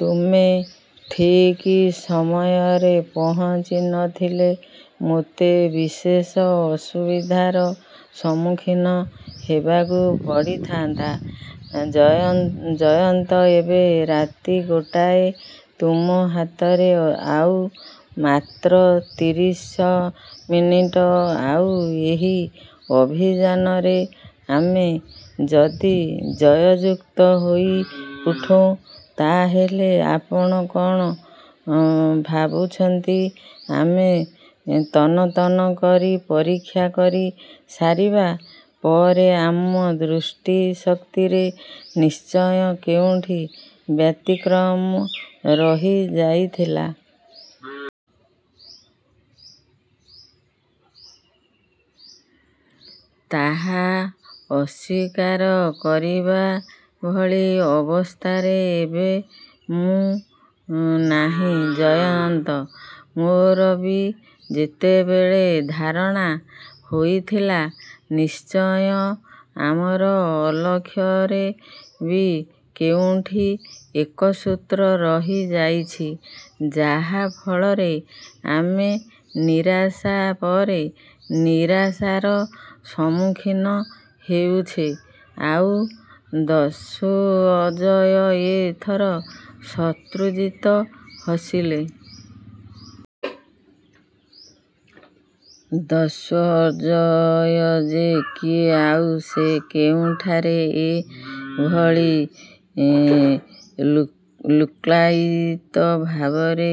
ତୁମେ ଠିକ୍ ସମୟରେ ପହଞ୍ଚି ନ ଥିଲେ ମୋତେ ବିଶେଷ ଅସୁବିଧାର ସମ୍ମୁଖୀନ ହେବାଙ୍କୁ ପଡ଼ିଥାଆନ୍ତା, ଜୟନ୍ତ। ଏବେ ରାତି ଗୋଟାଏ। ତୁମ ହାତରେ ଆଉ ମାତ୍ର ତିରିଶ ମିନିଟ.. ଆଉ ଏହି ଅଭିଯାନରେ ଆମେ ଯଦି ଜୟଯୁକ୍ତ ହୋଇଉଠୁ ତା ହେଲେ ଆପଣ କଣ ଭାବୁଛନ୍ତି ଆମେ ତନ୍ନ ତନ୍ନ କରି ପରୀକ୍ଷା କରି ସାରିବା ପରେ ଆମ ଦୃଷ୍ଟି ଶକ୍ତିରେ ନିଶ୍ଚୟ କେଉଁଠି ବ୍ୟତିକ୍ରମ ରହି ଯାଇଥିଲା? ତାହା ଅସ୍ୱୀକାର କରିବା ଭଳି ଅବସ୍ଥାରେ ଏବେ ମୁଁ ନାହିଁ ଜୟନ୍ତ। ମୋର ବି ସେତେବେଳେ ଧାରଣା ହୋଇଥିଲା ନିଶ୍ଚୟ ଆମର ଅଲକ୍ଷ୍ୟରେ ବି କେଉଁଠି ଏକ ସୂତ୍ର ରହିଯାଇଛି-। ଯାହା ଫଳରେ ଆମେ ନିରାଶା ପରେ ନିରାଶାର ସମ୍ମୁଖୀନ ହେଉଛେ। ଆଉ ଦସ୍ୟୁ ଅଜୟ ଏ ଥର ଶତ୍ରୁଜିତ ହସିଲେ। ଦସ୍ୟୁ ଅଜୟ ଯେ କିଏ ଆଉ ସେ କେଉଁଠାରେ ଏ ଭଳି ଲୁକ୍କାୟିତ ଭାବରେ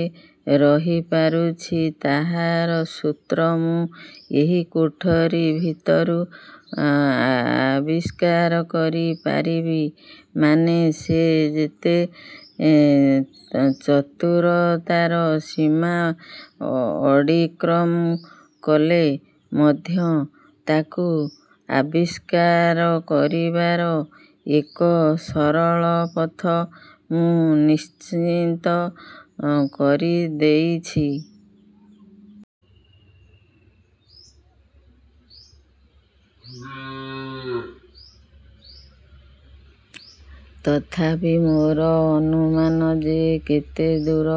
ରହିପାରୁଛି, ତାହାର ସୂତ୍ର ମୁଁ ଏହି କୋଠରି ଭିତରୁ ଆବିଷ୍କାର କରି ପାରିବି। ମାନେ ସେ ଯେଚେ ଚତୁରତାର ସୀମା ଅତିକ୍ରମ କଲେ ମଧ୍ୟ ତାକୁ ଆବିଷ୍କାର କରିବାର ଏକ ସରଳ ପଥ ମୁଁ ନିଶ୍ଚିତ କରିଦେଇଛି। ତଥାପି ମୋର ଅନୁମାନ ଯେ କେତେଦୂର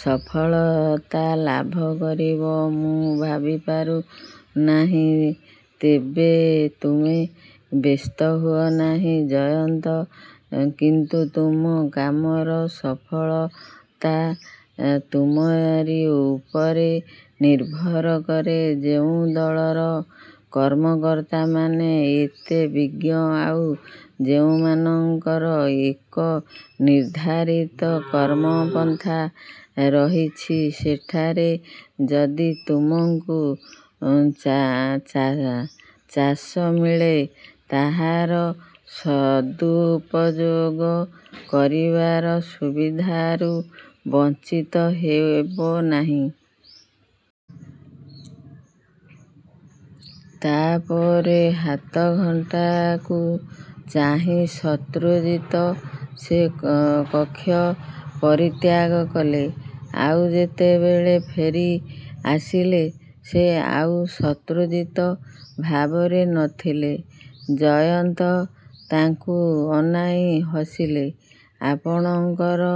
ସଫଳତା ଲାଭ କରିବ, ମୁଁ ଭାବିପାରୁ ନାହିଁ। ତେବେ ତୁମେ ବ୍ୟସ୍ତ ହୁଅ ନାହିଁ ଜୟନ୍ତ। କିନ୍ତୁ ତୁମ କାମର ସଫଳତା ତୁମରି ଉପରେ ନିର୍ଭର କରେ। ଯେଉଁ ଦଳର କର୍ମକର୍ତ୍ତାମାନେ ଏତେ ବିଜ୍ଞ ଆଉ ଯେଉଁମାନଙ୍କର ଏକ ନିର୍ଦ୍ଧାରିତ କର୍ମପନ୍ଥା ରହିଛି, ସେଠାରେ ଯଦି ତୁମକୁ ଚାନ୍ସ ମିଳେ ତା'ର ସଦୁପଯୋଗ କରିବାର ସୁବିଧାରୁ ବଞ୍ଚିତ ହେବ ନାହିଁ। ତା ପରେ ହାତଘଣ୍ଟାକୁ ଚାହିଁ ଶତ୍ରୁଜିତ ସେ କକ୍ଷ ପରିତ୍ୟାଗ କଲେ, ଆଉ ଯେତେବେଳେ। ଫେରି ଆସିଲେ, ସେ ଆଉ ଶତ୍ରୁଜିତ ଭାବରେ ନ ଥିଲେ। ଜୟନ୍ତ ତାଙ୍କୁ ଅନାଇ ହସିଲେ। ଆପଣଙ୍କର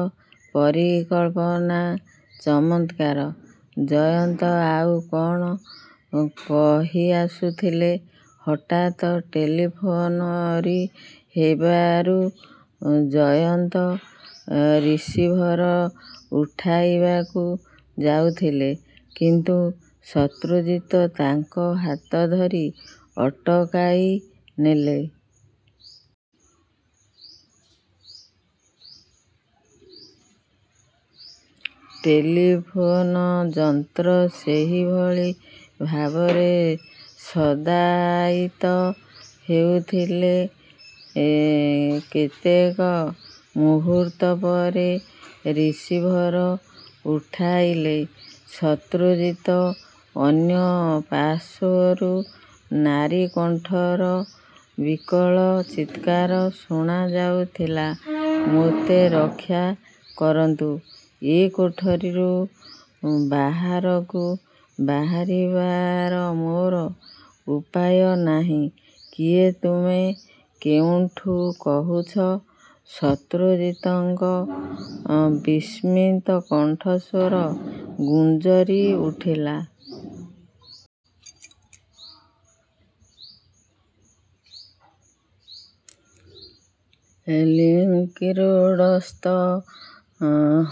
ପରିକଳ୍ପନା ଚମତ୍କାର। ଜୟନ୍ତ ଆଉ କଣ କହିଆସୁଥିଲେ, ହଠାତ୍ ଟେଲିଫୋନ ରିଂ ହେବାରୁ ଜୟନ୍ତ ରିସିଭର ଉଠାଇବାକୁ ଯାଉଥିଲେ; କିନ୍ତୁ ଶତ୍ରୁଜିତ ତାଙ୍କ ହାତ ଧରି ଅଟକାଇ ନେଲେ। ଟେଲିଫୋନ ଯନ୍ତ୍ର ସେହିଭଳି ଭାବରେ ଶଦ୍ଦାୟିତ ହେଉଥିଲା। କେତେକ ମୃହୂର୍ତ୍ତ ପରେ ରିସିଭର ଉଠାଇଲେ ଶତ୍ରୁଜିତ। ଅନ୍ୟ ପାର୍ଶ୍ୱରୁ ନାରୀକଣ୍ଠର ବିକଳ ଚିତ୍କାର ଶୁଣା ଯାଉଥିଲା-ମୋତେ ରକ୍ଷା କରନ୍ତୁ। ଏ କୋଠରିରୁ ବାହାରକୁ ବାହାରିବାର ମୋର ଉପାୟ ନାହିଁ। କିଏ ତୁମେ କେଉଁଠୁ କହୁଛ? -ଶତ୍ରୁଜିତଙ୍କ ବିସ୍ମିତ କଣ୍ଠସ୍ୱର ଗୁଞ୍ଜରି ଉଠିଲା। ଲିଙ୍କ୍ ରୋଡ଼ସ୍ଥ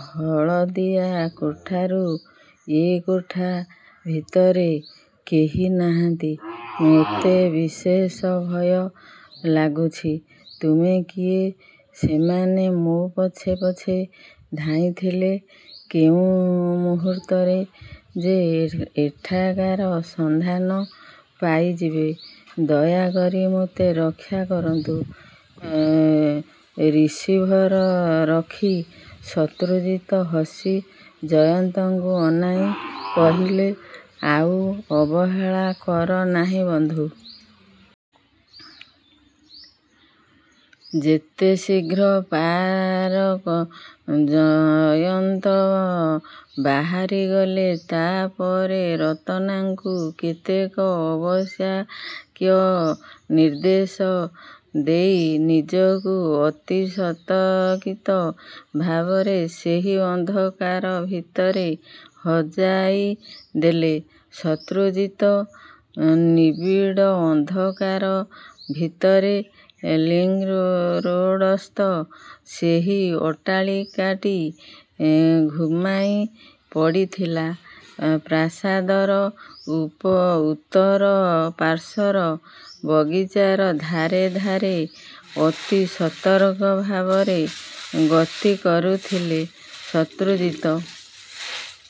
ହଳଦିଆ କୋଠାରୁ। ଏ କୋଠା ଭିତରେ କେହି ନାହାନ୍ତି। ମୋତେ ବିଶେଷ ଭୟ ଲାଗୁଛି। ତୁମେ କିଏ? ସେମାନେ ମୋ ପଛେ ପଛେ ଧାଇଁଥିଲେ। କେଉଁ ମୁହୂର୍ତ୍ତରେ ଯେ ଏଠାକାର ସନ୍ଧାନ ପାଇଯିବେ। ଦୟାକରି ମୋତେ ରକ୍ଷା କରନ୍ତୁ। ରିସିଭର ରଖି ଶତ୍ରୁଜିତ ହସି ଜୟନ୍ତଙ୍କୁ ଅନାଇ କହିଲେ-ଆଉ ଅବହେଳା କର ନାହିଁ ବନ୍ଧୁ। ଯେତେ ଶୀଘ୍ର ପାର.. ଜୟନ୍ତ ବାହାରିଗଲେ। ତା ପରେ ରତନାକୁ କେତେକ ଆବଶ୍ୟକୀୟ ନିର୍ଦ୍ଦେଶ ଦେଇ ନିଜକୁ ଅତି ସତର୍କିତ ଭାବରେ ସେହି ଅନ୍ଧକାର ଭିତରେ ହଜାଇ ଦେଲେ ଶତ୍ରୁଜିତ। ନିବିଡ଼ ଅନ୍ଧକାର ଭିତରେ ଲିଙ୍କ୍ ରୋଡ଼ସ୍ଥ ସେହି ଅଟ୍ଟାଳିକାଟି ଘୁମାଇ ପଡ଼ିଥିଲା। ପ୍ରାସାଦର ଉତ୍ତର ପାର୍ଶ୍ୱର ବଗିଚାର ଧାରେ ଧାରେ ଅତି ସତର୍କ ଭାବରେ ଗତି କରୁଥିଲେ ଶତ୍ରୁଜିତ-।